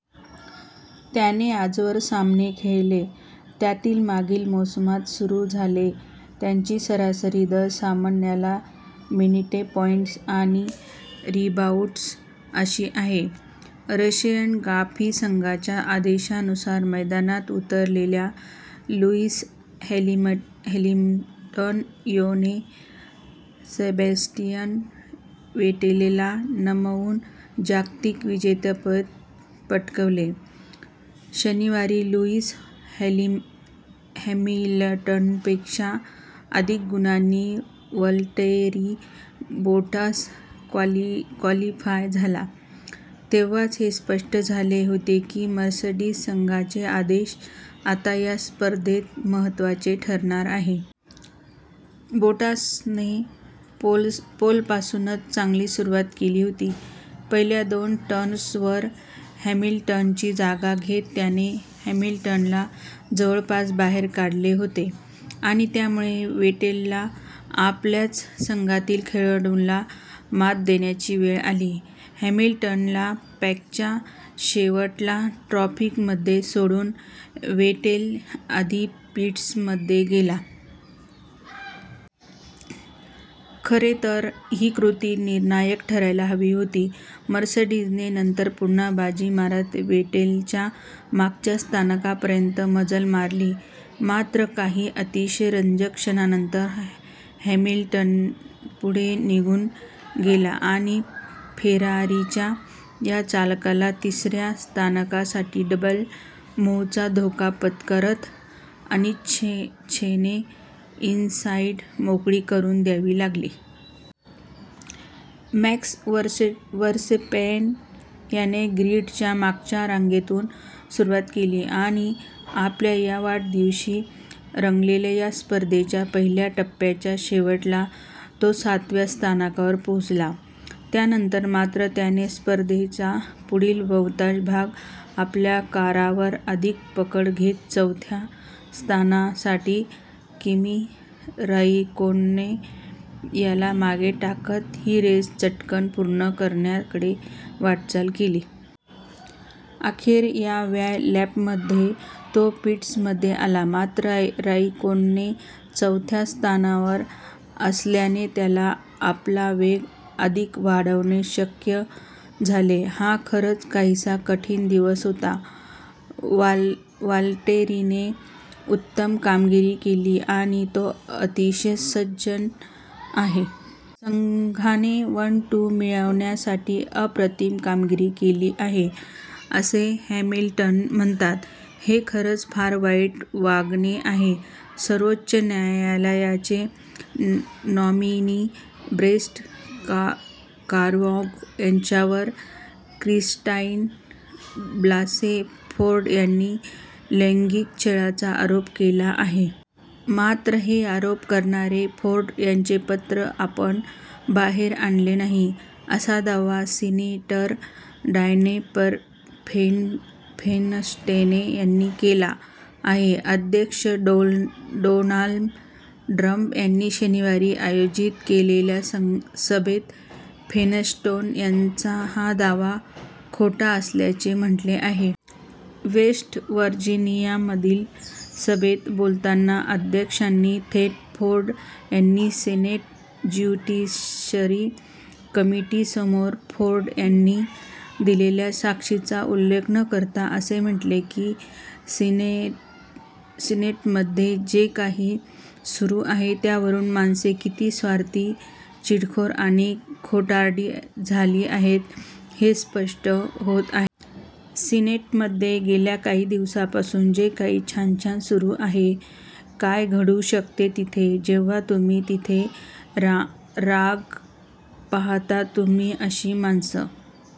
त्याने आजवर सामने खेळले त्यातील मागील मोसमात सुरू झाले. त्याची सरासरी दर सामन्याला मिनिटे, पॉईंट्स आणि रीबाऊंड्स अशी आहे. रशियन ग्रां प्री: संघाच्या आदेशानुसार मैदानात उतरलेल्या लुईस हॅमिलटन योने सबॅस्टियन वेटेलला नमवून जागतिक विजेतेपद पटकावले शनिवारी लुईस हॅमिलटनपेक्षा अधिक गुणांनी वलटेरी बोटास क्वॉलिफाय झाला तेव्हाच हे स्पष्ट झाले होते की मर्सिडीज संघाचे आदेश आता या स्पर्धेत महत्त्वाचे ठरणार आहेत. बोटासने पोलपासूनच चांगली सुरुवात केली होती. पहिल्या दोन टर्न्सवर हॅमिलटनची जागा घेत त्याने हॅमिलटनला जवळपास बाहेर काढले होते आणि त्यामुळे वेटेलला आपल्याच संघातील खेळाडूला मात देण्याची वेळ आली. हॅमिलटनला पॅकच्या शेवटाला ट्रॅफिकमध्ये सोडून वेटेल आधी पिट्समध्ये गेला. खरे तर ही कृती निर्णायक ठरायला हवी होती. मर्सिडीजने नंतर पुन्हा बाजी मारत वेटेलच्या मागच्या स्थानापर्यंत मजल मारली. मात्र, काही अतिशय रंजक क्षणांनंतर हॅमिलटन पुढे निघून गेला आणि फेरारीच्या या चालकाला तिसऱ्या स्थानासाठी डबल मुव्हचा धोका पत्करत अनिच्छेने इनसाइड मोकळी करून द्यावी लागली. मॅक्स वर्सेटॅपेन याने ग्रीडच्या मागच्या रांगेतून सुरुवात केली आणि आपल्या व्या वाढदिवशी रंगलेल्या या स्पर्धेच्या पहिल्या टप्प्याच्या शेवटाला तो सातव्या स्थानावर पोहोचला. त्यानंतर मात्र त्याने स्पर्धेचा पुढील बहुतांश भाग आपल्या कारवर अधिक पकड घेत चौथ्या स्थानासाठी किमी राइकोनेन याला मागे टाकत ही रेस चटकन पूर्ण करण्याकडे वाटचाल केली. अखेर व्या लॅपमध्ये तो पिट्समध्ये आला. मात्र, राइकोनेन चौथ्या स्थानावर असलयाने त्याला आपला वेग अधिक वाढवणे अशक्य झाले. हा खरंच काहीसा कठीण दिवस होता. वालटेरीने उत्तम कामगिरी केली आणि तो अतिशय सज्जन आहे. संघाने वन टू मिळवण्यासाठी अप्रतिम कामगिरी केली आहे, " असे हॅमिलटन म्हणाला. हे खरंच फार वाईट वागणे आहे सर्वोच्च न्यायालयाचे नॉमिनी ब्रेट कावांगॉ यांच्यावर क्रिस्टाइन ब्लासे फोर्ड यांनी लैंगिक छळाचा आरोप केला आहे. मात्र, हे आरोप करणारे फोर्ड यांचे पत्र आपण बाहेर आणले नाही, असा दावा सीनेटर डायने फेनस्टेन यांनी केला आहे. अध्यक्ष डोनाल्ड ट्रम्प यांनी शनिवारी आयोजित केलेल्या सभेत फेनस्टेन यांचा हा दावा खोटा असल्याचे म्हटले आहे. वेस्ट वर्जिनियामधील सभेत बोलताना अध्यक्षांनी थेट फोर्ड यांनी सीनेट ज्युडिशरी कमिटीसमोर फोर्ड यांनी दिलेल्या साक्षीचा उल्लेख न करता असे म्हटले की सीनेटमध्ये जे काही सुरू आहे त्यावरून माणसे किती 'स्वार्थी, चिडखोर आणि खोटारडी' झाली आहेत, हेच स्पष्ट होत आहे. " "सिनेटमध्ये गेल्या काही दिवसांपासून जे काही छान छान सुरू आहे, काय घडू शकते तिथे… जेव्हा तुम्ही तिथे राग पाहता, तुम्ही अशी माणसं